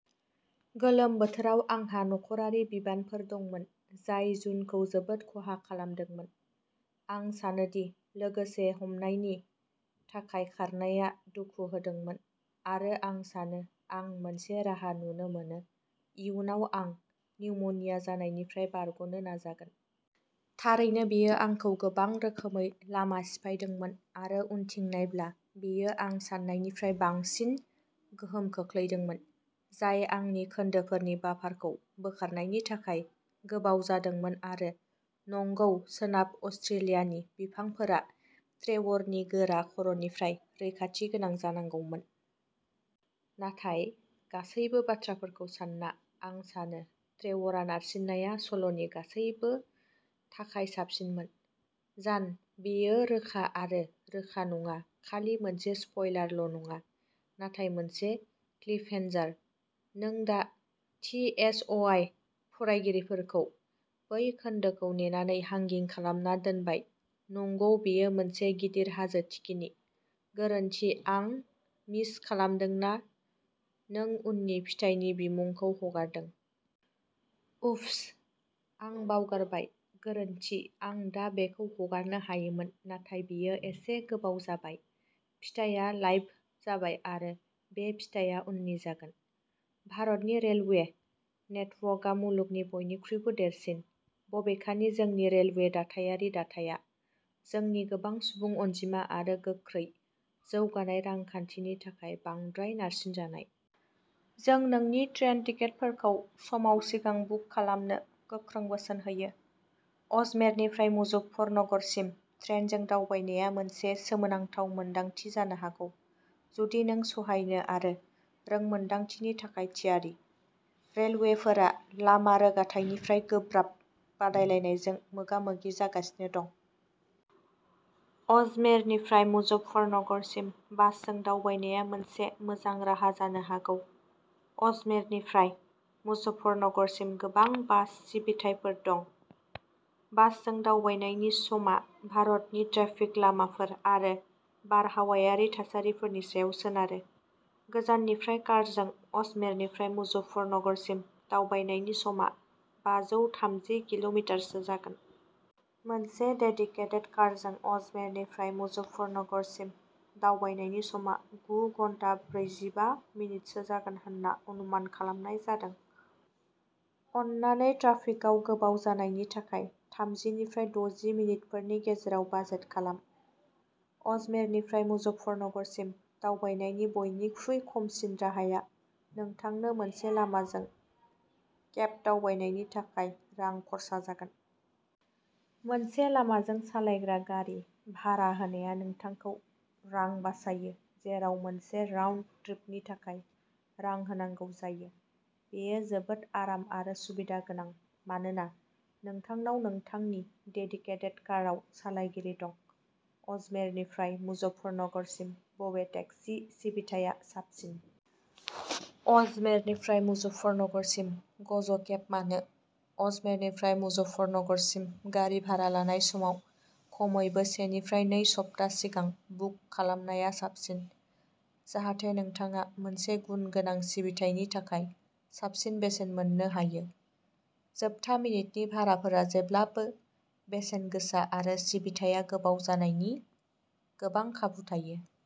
गोलोम बोथोराव आंहा नखरारि बिबानफोर दंमोन जाय जुनखौ जोबोद खहा खालामदोंमोन। आं सानो दि लोगोसे हमनायनि थाखाय खारनाया दुखु होदोंमोन आरो आं सानो आं मोनसे राहा नुनो मोनो इयुनाव आं निउम'निया जानायनिफ्राय बारग'नो नाजागोन। थारैनो बेयो आंखौ गोबां रोखोमै लामा सिफायदोंमोन आरो उनथिं नायब्ला बेयो आं सान्नायनिफ्राय बांसिन गोहोम खोख्लैदोंमोन जाय आंनि खोन्दोफोरनि बाफारखौ बोखारनायनि थाखाय गोबाव जादोंमोन आरो नंगौ सोनाब अस्ट्रेलियानि बिफांफोरा ट्रेवरनि गोरा खर'निफ्राय रैखाथि गोनां जानांगौमोन। नाथाय गासैबो बाथ्राफोरखौ सान्ना आं सानो ट्रेवरआ नारसिननाया सल'नि गासिबो थाखाय साबसिनमोन। जान बेयो रोखा आरो रोखा नङा खालि मोनसे स्पइलारल' नङा नाथाय मोनसे क्लिफहेन्जार! नों दा थि एस अ आइ फरायगिरिफोरखौ बै खोन्दोखौ नेनानै हांगिं खालामना दोनबाय नंगौ बेयो मोनसे गिदिर हाजो थिखिनि गोरोन्थि आं मिस खालामदों ना नों उननि फिथाइनि बिमुंखौ हगारदों? उफ्स आं बावगारबाय गोरोन्थि आं दा बेखौ हगारनो हायोमोन नाथाय बेयो एसे गोबाव जाबाय फिथाया लाइभ जाबाय आरो बे फिथाया उननि जागोन। भारतनि रेलवे नेटवर्कआ मुलुगनि बयनिख्रुइबो देरसिन। बबेखानि जोंनि रेलवे दाथायारि दाथाइया जोंनि गोबां सुबुं अनजिमा आरो गोख्रै जौगानाय रांखान्थिनि थाखाय बांद्राय नारसिनजानाय। जों नोंनि ट्रेन टिकेटफोरखौ समाव सिगां बुक खालामनो गोख्रों बोसोन होयो। अजमेरनिफ्राय मुजफ्फरनगरसिम ट्रेनजों दावबायनाया मोनसे सोमोनांथाव मोनदांथि जानो हागौ जुदि नों सहायनो आरो रोंमोन्दांथिनि थाखाय थियारि। रेलवेफोरा लामा रोगाथाइनिफ्राय गोब्राब बादायलायनायजों मोगा-मोगि जागासिनो दं। अजमेरनिफ्राय मुजफ्फरनगरसिम बासजों दावबायनाया मोनसे मोजां राहा जानो हागौ। अजमेरनिफ्राय मुजफ्फरनगरसिम गोबां बास सिबिथायफोर दं। बासजों दावबायनायनि समा भारतनि ट्रेफिक लामाफोर आरो बारहावायारि थासारिफोरनि सायाव सोनारो। गोजाननिफ्राय कारजों अजमेरनिफ्राय मुजफ्फरनगरसिम दावबायनायनि समा बाजौ थामजि किल'मिटारसो जागोन। मोनसे डेडिकेटेड कारजों अजमेरनिफ्राय मुजफ्फरनगरसिम दावबायनायनि समआ गु घन्टाब्रैजिबा मिनिटसो जागोन होनना अनुमान खालामनाय जादों। अन्नानै ट्राफिकाव गोबाव जानायनि थाखाय थामजिनिफ्राय दजि मिनिटफोरनि गेजेराव बाजेट खालाम। अजमेरनिफ्राय मुजफ्फरनगरसिम दावबायनायनि बयनिख्रुइ खमसिन राहाया नोंथांनो मोनसे लामाजों केब दावबायनायनि थाखाय रां खर्सा जागोन। मोनसे लामाजों सालायग्रा गारि भारा होनाया नोंथांखौ रां बासायो जेराव मोनसे राउन्ड ट्रिपनि थाखाय रां होनांगौ जायो। बेयो जोबोद आराम आरो सुबिदा गोनां मानोना नोंथांनाव नोंथांनि डेडिकेटेड कारआव सालायगिरि दं। अजमेरनिफ्राय मुजफ्फरनगरसिम बबे टेक्सि सिबिथाया साबसिन? अजमेरनिफ्राय मुजफ्फरनगरसिम ग'ज'केब मानो? अजमेरनिफ्राय मुजफ्फरनगरसिम गारि भारा लानाय समाव खमैबो सेनिफ्राय नै सप्ता सिगां बुक खालामनाया साबसिन जाहाथे नोंथाङा मोनसे गुनगोनां सिबिथायनि थाखाय साबसिन बेसेन मोननो हायो। जोबथा मिनिटनि भाराफोरा जेब्लाबो बेसेन गोसा आरो सिबिथाया गोबाव जानायनि गोबां खाबु थायो।